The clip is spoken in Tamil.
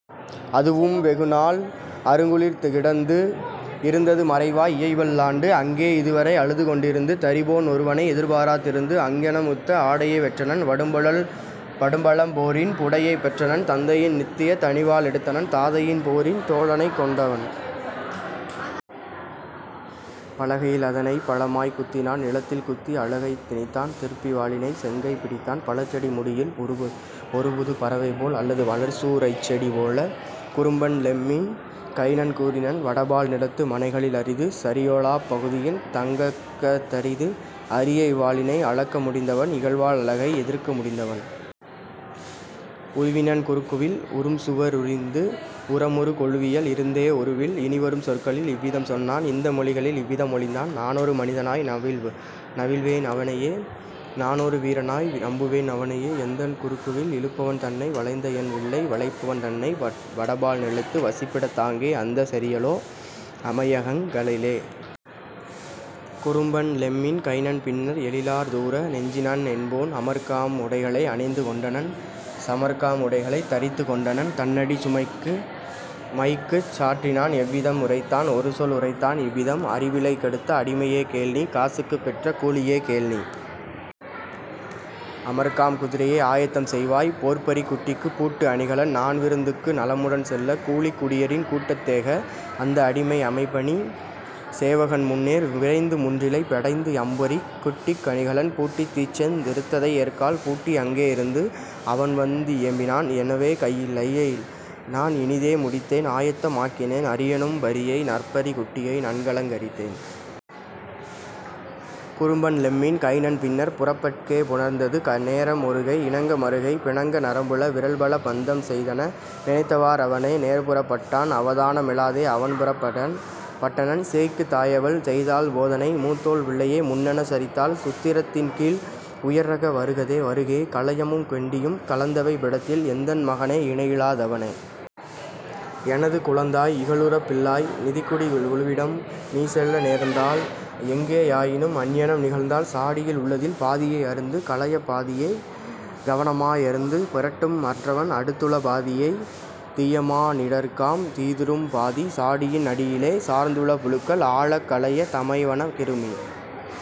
அதுவும் வெகுநாள் அருங்குளிர்க் கிடந்தது இருந்தது மறைவாய் இயைபல் லாண்டு அங்கே இதுவரை அழுதுகொண் டிருந்தது தரிப்போன் ஒருவனை எதிர்பார்த் திருந்தது. " அங்ஙனம் யுத்த ஆடையைப் பெற்றனன் படுபழம் போரின் உடையைப் பெற்றனன் தந்தையின் நித்தியத் தனிவாள் எடுத்தனன் தாதையின் போரின் தோழனைக் கொண்டவன் பலகையில் அதனைப் பலமாய்க் குத்தினான் நிலத்தில் குத்தி அலகைத் திணித்தான்: திருப்பி வாளினைச் செங்கைப் பிடித்தான் பழச்செடி முடியில் ஒருபுதுப் பறவைபோல் அல்லது வளர் சூ ரைச்செடி போல; குறும்பன் லெம்மின் கைனன் கூறினன்: "வடபால் நிலத்து மனைகளில் அரிது சரியொலாப் பகுதியின் தங்ககத் தரிது அரியஇவ் வாளினை அளக்க முடிந்தவன் இகல்வாள் அலகை எதிர்க்க முடிந்தவன். " உருவினன் குறுக்குவில் உறும்சுவ ரிருந்து உரமுறு கொளுவியில் இருந்தே ஒருவில் இனிவரும் சொற்களில் இவ்விதம் சொன்னான் இந்த மொழிகளில் இவ்விதம் மொழிந்தான்: "நானொரு மனிதனாய் நவில்வேன் அவனையே நானொரு வீரனாய் நம்புவேன் அவனையே எந்தன் குறுக்குவில் இழுப்பவன் தன்னை வளைந்தஎன் வில்லை வளைப்பவன் தன்னை வடபால் நிலத்து வசிப்பிடத் தாங்கே அந்தச் சரியொலா அமையகங் களிலே. " குறும்பன் லெம்மின் கைனன் பின்னர் எழிலார் தூர நெஞ்சினன் என்போன் அமர்க்காம் உடைகளை அணிந்து கொண்டனன் சமர்க்காம் உடைகளைத் தரித்துக் கொண்டனன் தன்அடிசுமைக்குச் சாற்றினான் இவ்விதம் உரைத்தான் ஒருசொல் உரைத்தான் இவ்விதம்: "அறவிலைக் கெடுத்த அடிமையே கேள்நீ! காசுக்குப் பெற்ற கூலியே, கேள்நீ! அமர்க்காம் குதிரையை ஆயத்தம் செய்வாய் போர்ப்பரிக் குட்டிக்குப் பூட்டு அணிகலன் நான்விருந் துக்கு நலமுடன் செல்ல கூளிக் குடியரின் கூட்டத் தேக! " அந்த அடிமை அமைபணிச் சேவகன் முன்னேர் விரைந்து முன்றிலை யடைந்து அம்பரிக் குட்டிக் கணிகலன் பூட்டி தீச்செந் நிறத்ததை ஏர்க்கால் பூட்டி அங்கே யிருந்து அவன்வந் தியம்பினான்: "என்வே லையைநான் இனிதே முடித்தேன் ஆயத்த மாக்கினேன் அரியநும் பரியை நற்பரிக் குட்டியை நன்கலங் கரித்தேன். " குறும்பன் லெம்மின் கைனன் பின்னர் புறப்பட் டேகப் புணர்ந்தது நேரம் ஒருகை இணங்க மறுகை பிணங்க நரம்புள விரல்பல பந்தம் செய்தன; நினைத்தவா றவனே நேர்புறப் பட்டான் அவதான மிலாதே அவன்புறப் பட்டனன். சேய்க்குத் தாயவள் செய்தாள் போதனை மூத்தோள் பிள்ளையை முன்னெச் சரித்தாள் உத்தரத் தின்கீழ் உயர்கத வருகே கலயமும் கெண்டியும் கலந்தவைப் பிடத்தில்: "எந்தன் மகனே, இணையிலா தவனே! எனது குழந்தாய், இகலுரப் பிள்ளாய்! நிதக்குடிக் குழுவிடம் நீசெல நேர்ந்தால் எங்கே யாயினும் அங்ஙனம் நிகழ்ந்தால் சாடியில் உள்ளதில் பாதியை அருந்து கலயப் பாதியே கவனமா யருந்து பெறட்டும் மற்றவன் அடுத்துள பாதியை தீயமா னிடர்க்காம் தீதுறும் பாதி சாடியின் அடியிலே சார்ந்துள புழுக்கள் ஆழக் கலயத் தமைவன கிருமி.